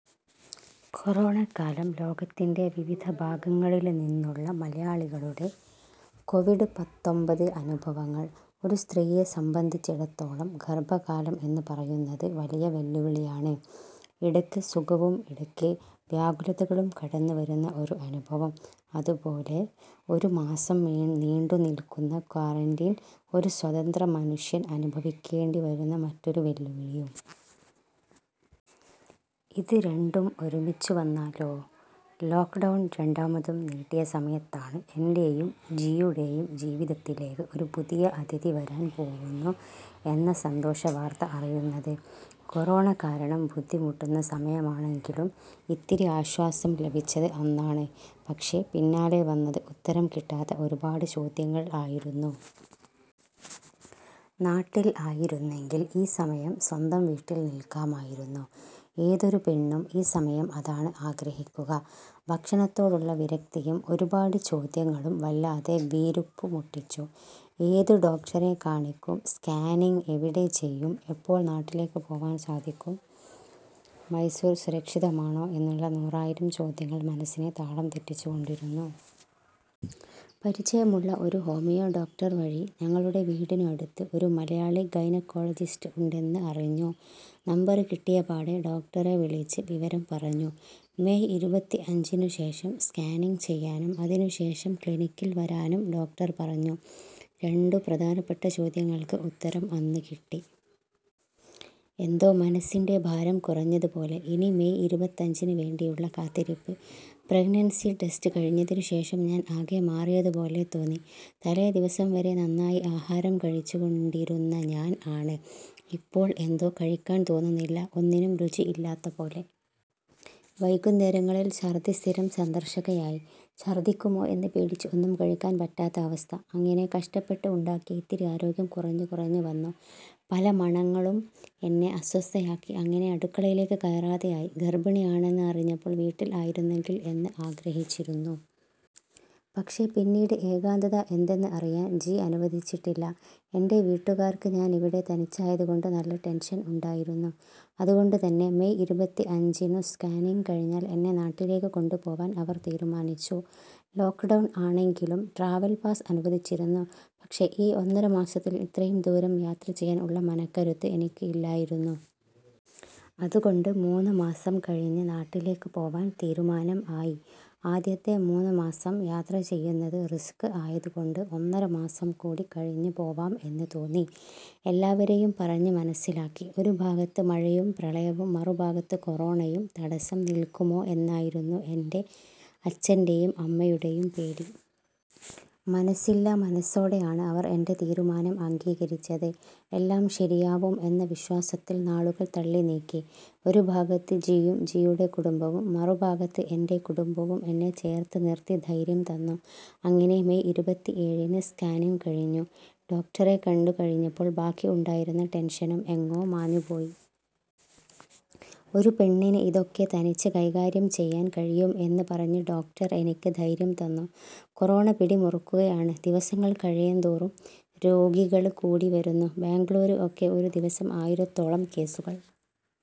കൊറോണക്കാലം ലോകത്തിന്റെ വിവിധ ഭാഗങ്ങളില്നിന്നുള്ള മലയാളികളുടെ കൊവിഡ് പത്തൊമ്പത് അനുഭവങ്ങൾ. ഒരു സ്ത്രീയെ സംബന്ധിച്ചിടത്തോളം ഗര്‍ഭകാലം എന്ന് പറയുന്നത് വലിയ വെല്ലുവിളിയാണ്. ഇടയ്ക്ക് സുഖവും ഇടയ്ക്ക് വ്യാകുലതകളും കടന്നുവരുന്ന ഒരു അനുഭവം. അതുപോലെ ഒരു മാസം നീണ്ടുനില്‍ക്കുന്ന ക്വാറന്റീൻ ഒരു സ്വതന്ത്ര മനുഷ്യൻ അനുഭവിക്കേണ്ടി വരുന്ന മറ്റൊരു വെല്ലുവിളിയും. ഇത് രണ്ടും ഒരുമിച്ച് വന്നാലോ? ലോക്ക്ഡൗൺ രണ്ടാമതും നീട്ടിയ സമയത്താണ് എന്‍റെയും ജിയുടെയും ജീവിതത്തിലേക്ക് ഒരു പുതിയ അതിഥി വരാന്‍ പോവുന്നു എന്ന സന്തോഷ വാര്‍ത്ത അറിയുന്നത്. കൊറോണ കാരണം ബുദ്ധിമുട്ടുന്ന സമയമാണെങ്കിലും ഇത്തിരി ആശ്വാസം ലഭിച്ചത് അന്നാണ്. പക്ഷേ പിന്നാലെ വന്നത് ഉത്തരം കിട്ടാത്ത ഒരുപാട് ചോദ്യങ്ങള്‍ ആയിരുന്നു. നാട്ടില്‍ ആയിരുന്നെങ്കില്‍ ഈ സമയം സ്വന്തം വീട്ടില്‍ നില്‍ക്കാമായിരുന്നു. ഏതൊരു പെണ്ണും ഈ സമയം അതാണ് ആഗ്രഹിക്കുക. ഭക്ഷണത്തോടുള്ള വിരക്തിയും ഒരുപാട് ചോദ്യങ്ങളും വല്ലാതെ വീര്പ്പുമുട്ടിച്ചു. ഏത് ഡോക്ടറെ കാണിക്കും, സ്കാനിംഗ് എവിടെ ചെയ്യും, എപ്പോള്‍ നാട്ടിലേക്ക് പോവാന്‍ സാധിക്കും, മൈസൂര്‍ സുരക്ഷിതമാണോ എന്നുള്ള നൂറായിരം ചോദ്യങ്ങള്‍ മനസ്സിനെ താളം തെറ്റിച്ചു കൊണ്ടിരുന്നു. പരിചയമുള്ള ഒരു ഹോമിയോ ഡോക്ടര്‍ വഴി ഞങ്ങളുടെ വീടിനു അടുത്ത് ഒരു മലയാളി ഗൈനക്കോളജിസ്റ്റ് ഉണ്ടെന്ന് അറിഞ്ഞു. നമ്പര്‍ കിട്ടിയപാടെ ഡോക്ടറെ വിളിച്ച് വിവരം പറഞ്ഞു. മെയ് ഇരുപത്തിഅഞ്ചിനു ശേഷം സ്കാനിംഗ് ചെയ്യാനും അതിനുശേഷം ക്ലിനിക്കില്‍ വരാനും ഡോക്ടര്‍ പറഞ്ഞു. രണ്ടു പ്രധാനപ്പെട്ട ചോദ്യങ്ങള്‍ക്ക് ഉത്തരം അന്ന് കിട്ടി. എന്തോ മനസ്സിന്‍റെ ഭാരം കുറഞ്ഞത് പോലെ. ഇനി മെയ് ഇരുപത്തഞ്ചിന് വേണ്ടിയുള്ള കാത്തിരിപ്പ്. പ്രഗ്നൻസീ ടെസ്റ്റ് കഴിഞ്ഞതിനു ശേഷം ഞാന്‍ ആകെ മാറിയത് പോലെ തോന്നി. തലേ ദിവസം വരെ നന്നായി ആഹാരം കഴിച്ചു കൊണ്ടിരുന്ന ഞാന്‍ ആണ്. ഇപ്പോള്‍ എന്തോ കഴിക്കാന്‍ തോന്നുന്നില്ല. ഒന്നിനും രുചി ഇല്ലാത്ത പോലെ. വൈകുന്നേരങ്ങളില്‍ ഛര്‍ദ്ദി സ്ഥിരം സന്ദര്‍ശകയായി. ഛര്‍ദ്ദിക്കുമോ എന്ന് പേടിച്ച് ഒന്നും കഴിക്കാന്‍ പറ്റാത്ത അവസ്ഥ. അങ്ങിനെ കഷ്ടപ്പെട്ട് ഉണ്ടാക്കിയ ഇത്തിരി ആരോഗ്യം കുറഞ്ഞു കുറഞ്ഞു വന്നു. പല മണങ്ങളും എന്നെ അസ്വസ്ഥയാക്കി. അങ്ങിനെ അടുക്കളയിലേക്ക് കയറാതെ ആയി. ഗര്‍ഭിണി ആണെന്ന് അറിഞ്ഞപ്പോള്‍ വീട്ടില്‍ ആയിരുന്നെങ്കില്‍ എന്ന് ആഗ്രഹിച്ചിരുന്നു. പക്ഷേ പിന്നീട് ഏകാന്തത എന്തെന്ന് അറിയാന്‍ ജി അനുവദിച്ചിട്ടില്ല. എന്‍റെ വീട്ടുകാര്‍ക്ക് ഞാനിവിടെ തനിച്ചായത് കൊണ്ട് നല്ല ടെന്‍ഷന്‍ ഉണ്ടായിരുന്നു. അതുകൊണ്ട് തന്നെ മെയ് ഇരുപത്തിഅഞ്ചിനു സ്കാനിംഗ് കഴിഞ്ഞാല്‍ എന്നെ നാട്ടിലേക്ക് കൊണ്ടു പോവാന്‍ അവര്‍ തീരുമാനിച്ചു. ലോക്ക്ഡൗൺ ആണെങ്കിലും ട്രാവല്‍ പാസ് അനുവദിച്ചിരുന്നു. പക്ഷേ ഈ ഒന്നര മാസത്തില്‍ ഇത്രയും ദൂരം യാത്ര ചെയ്യാന്‍ ഉള്ള മനക്കരുത്ത് എനിക്ക് ഇല്ലായിരുന്നു. അതുകൊണ്ട് മൂന്ന്മാസം കഴിഞ്ഞ് നാട്ടിലേക്ക് പോവാന്‍ തീരുമാനം ആയി. ആദ്യത്തെ മൂന്ന് മാസം യാത്ര ചെയ്യുന്നത് റിസ്ക് ആയത് കൊണ്ട് ഒന്നര മാസം കൂടി കഴിഞ്ഞ് പോവാം എന്ന് തോന്നി. എല്ലാവരെയും പറഞ്ഞ് മനസ്സിലാക്കി. ഒരു ഭാഗത്ത് മഴയും പ്രളയവും മറുഭാഗത്ത് കൊറോണയും തടസം നില്‍ക്കുമോ എന്നായിരുന്നു എന്‍റെ അച്ചന്‍റെയും അമ്മയുടെയും പേടി. മനസ്സില്ലാമനസ്സോടെ ആണ് അവര്‍ എന്‍റെ തീരുമാനം അംഗീകരിച്ചത്. എല്ലാം ശരിയാവും എന്ന വിശ്വാസത്തില്‍ നാളുകള്‍ തള്ളി നീക്കി. ഒരു ഭാഗത്ത് ജിയും ജിയുടെ കുടുംബവും മറുഭാഗത്ത് എന്‍റെ കുടുംബവും എന്നെ ചേര്‍ത്ത് നിര്‍ത്തി ധൈര്യം തന്നു. അങ്ങിനെ മെയ് ഇരുപത്തിഏഴിന് സ്കാനിങ് കഴിഞ്ഞു. ഡോക്ടറെ കണ്ടുകഴിഞ്ഞപ്പോൾ ബാക്കി ഉണ്ടായിരുന്ന ടെന്‍ഷനും എങ്ങോ മാഞ്ഞു പോയി. ഒരു പെണ്ണിന് ഇതൊക്കെ തനിച്ച് കൈകാര്യം ചെയ്യാന്‍ കഴിയും എന്ന് പറഞ്ഞ് ഡോക്ടര്‍ എനിക്ക് ധൈര്യം തന്നു. കൊറോണ പിടി മുറുക്കുകയാണ്. ദിവസങ്ങള്‍ കഴയുംതോറും രോഗികള് കൂടി വരുന്നു. ബാംഗ്ലൂര്‍ ഒക്കെ ഒരു ദിവസം ആയിരത്തോളം കേസുകള്‍.